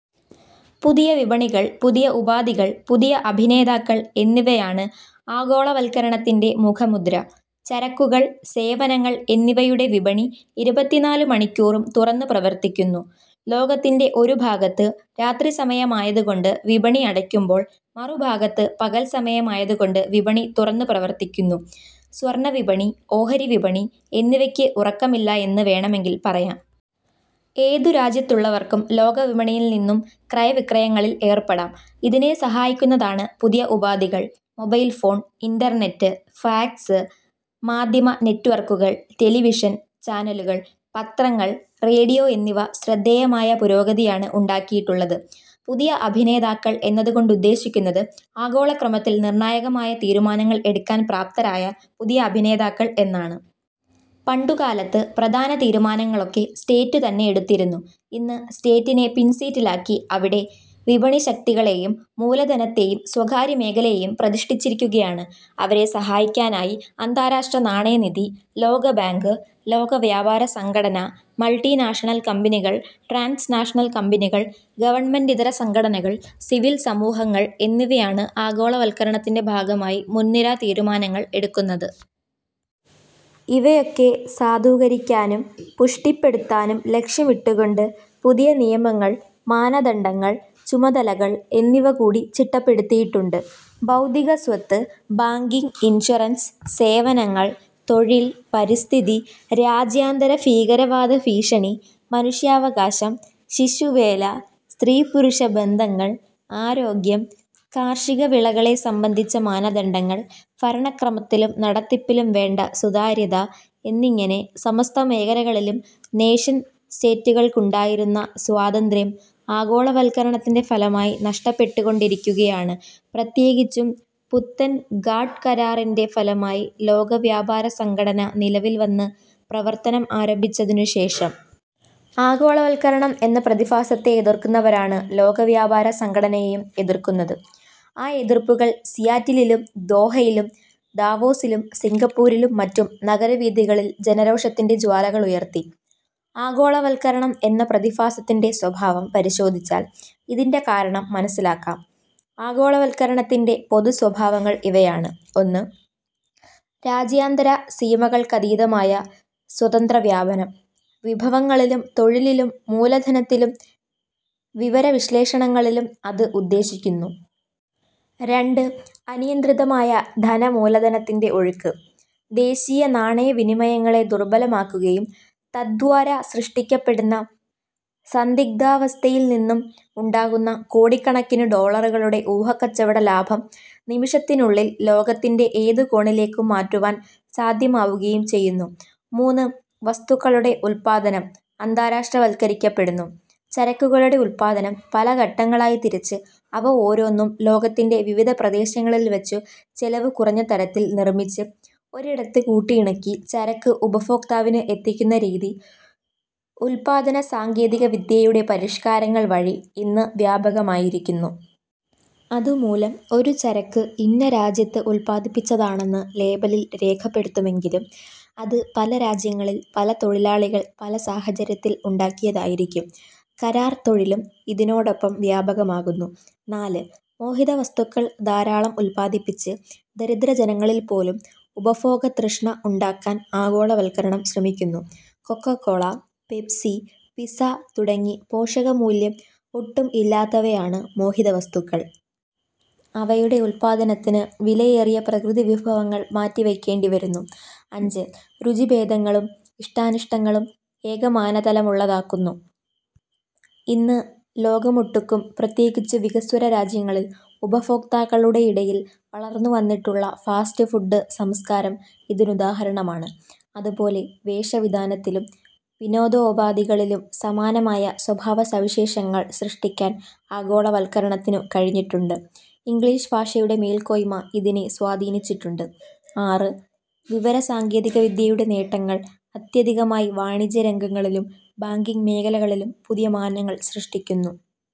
പുതിയ വിപണികൾ, പുതിയ ഉപാധികൾ, പുതിയ അഭിനേതാക്കൾ എന്നിവയാണ് ആഗോളവത്കരണത്തിന്റെ മുഖമുദ്ര. ചരക്കുകൾ, സേവനങ്ങൾ എന്നിവയുടെ വിപണി ഇരുപത്തിനാലു മണിക്കൂറും തുറന്നു പ്രവർത്തിക്കുന്നു. ലോകത്തിന്റെ ഒരു ഭാഗത്ത് രാത്രിസമയമായതുകൊണ്ട് വിപണി അടയ്ക്കുമ്പോൾ, മറുഭാഗത്ത് പകൽസമയമായതുകൊണ്ട് വിപണി തുറന്നു പ്രവർത്തിക്കുന്നു. സ്വർണവിപണി, ഓഹരിവിപണി എന്നിവയ്ക്ക് ഉറക്കമില്ല എന്ന് വേണമെങ്കിൽ പറയാം. ഏതുരാജ്യത്തുള്ളവർക്കും ലോകവിപണിയിൽനിന്നും ക്രയവിക്രയങ്ങളിൽ ഏർപ്പെടാം. ഇതിനെ സഹായിക്കുന്നതാണ് പുതിയ ഉപാധികൾ. മൊബൈൽ ഫോൺ, ഇന്റർനെറ്റ്, ഫാക്സ്, മാധ്യമ നെറ്റ്വർക്കുകൾ, ടെലിവിഷൻ ചാനലുകൾ, പത്രങ്ങൾ, റേഡിയോ എന്നിവ ശ്രദ്ധേയമായ പുരോഗതിയാണ് ഉണ്ടാക്കിയിട്ടുള്ളത്. പുതിയ അഭിനേതാക്കൾ എന്നതുകൊണ്ടുദ്ദേശിക്കുന്നത് ആഗോളക്രമത്തിൽ നിർണായകമായ തീരുമാനങ്ങൾ എടുക്കാൻ പ്രാപ്തരായ പുതിയ അഭിനേതാക്കൾ എന്നാണ്. പണ്ടുകാലത്ത് പ്രധാന തീരുമാനങ്ങളൊക്കെ സ്റ്റേറ്റ് തന്നെയെടുത്തിരുന്നു. ഇന്ന് സ്റ്റേറ്റിനെ പിൻസീറ്റിലാക്കി അവിടെ വിപണിശക്തികളെയും മൂലധനത്തെയും സ്വകാര്യമേഖലയെയും പ്രതിഷ്ഠിച്ചിരിക്കുകയാണ്. അവരെ സഹായിക്കാനായി അന്താരാഷ്ട്രനാണയനിധി, ലോകബാങ്ക്, ലോകവ്യാപാരസംഘടന, മൾട്ടിനാഷണൽ കമ്പനികൾ, ട്രാൻസ് നാഷണൽ കമ്പനികൾ, ഗവൺമെന്റിതര സംഘടനകൾ, സിവിൽ സമൂഹങ്ങൾ എന്നിവയാണ് ആഗോളവത്കരണത്തിന്റെ ഭാഗമായി മുൻനിര തീരുമാനങ്ങൾ എടുക്കുന്നത്. ഇവയൊക്കെ സാധൂകരിക്കാനും പുഷ്ടിപ്പെടുത്താനും ലക്ഷ്യമിട്ടുകൊണ്ടു പുതിയ നിയമങ്ങൾ, മാനദണ്ഡങ്ങൾ, ചുമതലകൾ എന്നിവകൂടി ചിട്ടപ്പെടുത്തിയിട്ടുണ്ട്. ബൌദ്ധികസ്വത്ത്, ബാങ്കിങ്, ഇൻഷുറൻസ്, സേവനങ്ങൾ, തൊഴിൽ, പരിസ്ഥിതി, രാജ്യാന്തരഭീകരവാദഭീഷണി, മനുഷ്യാവകാശം, ശിശുവേല, സ്ത്രീപുരുഷബന്ധങ്ങൾ, ആരോഗ്യം, കാർഷികവിളകളെ സംബന്ധിച്ച മാനദണ്ഡങ്ങൾ, ഭരണക്രമത്തിലും നടത്തിപ്പിലും വേണ്ട സുതാര്യത എന്നിങ്ങനെ സമസ്തമേഖലകളിലും നേഷൻ സ്റ്റേറ്റുകൾക്കുണ്ടായിരുന്ന സ്വാതന്ത്ര്യം ആഗോളവത്കരണത്തിന്റെ ഫലമായി നഷ്ടപ്പെട്ടുകൊണ്ടിരിക്കുകയാണ്, പ്രത്യേകിച്ചും പുത്തൻ ഗാട്ട്കരാറിന്റെ ഫലമായി ലോകവ്യാപാരസംഘടന നിലവിൽവന്ന് പ്രവർത്തനം ആരംഭിച്ചതിനുശേഷം. ആഗോളവത്കരണം എന്ന പ്രതിഭാസത്തെ, എതിർക്കുന്നവരാണ് ലോകവ്യാപാരസംഘടനയെയും എതിർക്കുന്നത്. ആ എതിർപ്പുകൾ സിയാറ്റിലിലും, ദോഹയിലും, ദാവോസിലും, സിംഗപ്പൂരിലും മറ്റും നഗരവീഥികളിൽ ജനരോഷത്തിന്റെ ജ്വാലകളുയർത്തി. ആഗോളവത്കരണം എന്ന പ്രതിഭാസത്തിന്റെ സ്വഭാവം പരിശോധിച്ചാൽ ഇതിന്റെ കാരണം മനസ്സിലാക്കാം. ആഗോളവത്കരണത്തിന്റെ പൊതുസ്വഭാവങ്ങൾ ഇവയാണ്. ഒന്ന്. രാജ്യാന്തരസീമകൾക്കതീതമായ സ്വതന്ത്രവ്യാപനം. വിഭവങ്ങളിലും തൊഴിലിലും മൂലധനത്തിലും വിവരവിശ്ളേഷണങ്ങളിലും അത് ഉദ്ദേശിക്കുന്നു. രണ്ട്. അനിയന്ത്രിതമായ ധനമൂലധനത്തിന്റെ ഒഴുക്ക് ദേശീയനാണയവിനിമയനയങ്ങളെ ദുർബലമാക്കുകയും തദ്വാരാ സൃഷ്ടിക്കപ്പെടുന്ന സന്ദിഗ്ധാവസ്ഥയിൽ നിന്നും ഉണ്ടാകുന്ന കോടിക്കണക്കിനു ഡോളറുകളുടെ ഊഹക്കച്ചവടലാഭം നിമിഷത്തിനുള്ളിൽ ലോകത്തിന്റെ ഏതു കോണിലേക്കും മാറ്റുവാൻ സാധ്യമാവുകയും ചെയ്യുന്നു. മൂന്ന്. വസ്തുക്കളുടെ ഉത്പാദനം അന്താരാഷ്ട്രവത്കരിക്കപ്പെടുന്നു. ചരക്കുകളുടെ ഉത്പാദനം പല ഘട്ടങ്ങളായിത്തിരിച്ച് അവ ഓരോന്നും ലോകത്തിന്റെ വിവിധ പ്രദേശങ്ങളിൽവച്ചു ചെലവു കുറഞ്ഞതരത്തിൽ നിർമിച്ച് ഒരിടത്ത് കൂട്ടിയിണക്കി ചരക്ക് ഉപഭോക്താവിന് എത്തിക്കുന്ന രീതി ഉത്പാദനസാങ്കേതികവിദ്യയുടെ പരിഷ്കാരങ്ങൾവഴി ഇന്നു വ്യാപകമായിരിക്കുന്നു. അതുമൂലം ഒരു ചരക്ക് ഇന്ന രാജ്യത്ത് ഉത്പാദിപ്പിച്ചതാണെന്ന് ലേബലിൽ രേഖപ്പെടുത്തുമെങ്കിലും, അത് പല രാജ്യങ്ങളിൽ പല തൊഴിലാളികൾ പല സാഹചര്യത്തിൽ ഉണ്ടാക്കിയതായിരിക്കും. കരാർ തൊഴിലും ഇതിനോടൊപ്പം വ്യാപകമാകുന്നു. നാല്. മോഹിതവസ്തുക്കൾ ധാരാളം ഉത്പാദിപ്പിച്ച് ദരിദ്രജനങ്ങളിൽപ്പോലും ഉപഭോഗതൃഷ്ണ ഉണ്ടാക്കാൻ ആഗോളവത്കരണം ശ്രമിക്കുന്നു. കൊക്കോക്കോള, പെപ്സി, പിസ്സാ തുടങ്ങി പോഷകമൂല്യം ഒട്ടും ഇല്ലാത്തവയാണ് മോഹിതവസ്തുക്കൾ. അവയുടെ ഉത്പാദനത്തിന് വിലയേറിയ പ്രകൃതിവിഭവങ്ങൾ മാറ്റിവയ്ക്കേണ്ടിവരുന്നു. അഞ്ച്. രുചിഭേദങ്ങളും ഇഷ്ടാനിഷ്ടങ്ങളും ഏകമാനതലമുള്ളതാക്കുന്നു. ഇന്ന് ലോകമൊട്ടുക്കും പ്രത്യേകിച്ചു വികസ്വരരാജ്യങ്ങളിൽ ഉപഭോക്താക്കളുടെയിടയിൽ വളർന്നുവന്നിട്ടുള്ള ഫാസ്റ്റ്ഫുഡ് സംസ്കാരം ഇതിനുദാഹരണമാണ്. അതുപോലെ വേഷവിധാനത്തിലും, വിനോദോപാധികളിലും സമാനമായ സ്വഭാവവിശേഷങ്ങൾ സൃഷ്ടിക്കാൻ ആഗോളവത്കരണത്തിനു കഴിഞ്ഞിട്ടുണ്ട്. ഇംഗ്ളീഷ്ഭാഷയുടെ മേൽക്കോയ്മ ഇതിനെ സ്വാധീനിച്ചിട്ടുണ്ട്. ആറ്. വിവരസാങ്കേതികവിദ്യയുടെ നേട്ടങ്ങൾ അത്യധികമായി വാണിജ്യരംഗങ്ങളിലും, ബാങ്കിങ് മേഖലകളിലും പുതിയ മാനങ്ങൾ സൃഷ്ടിക്കുന്നു.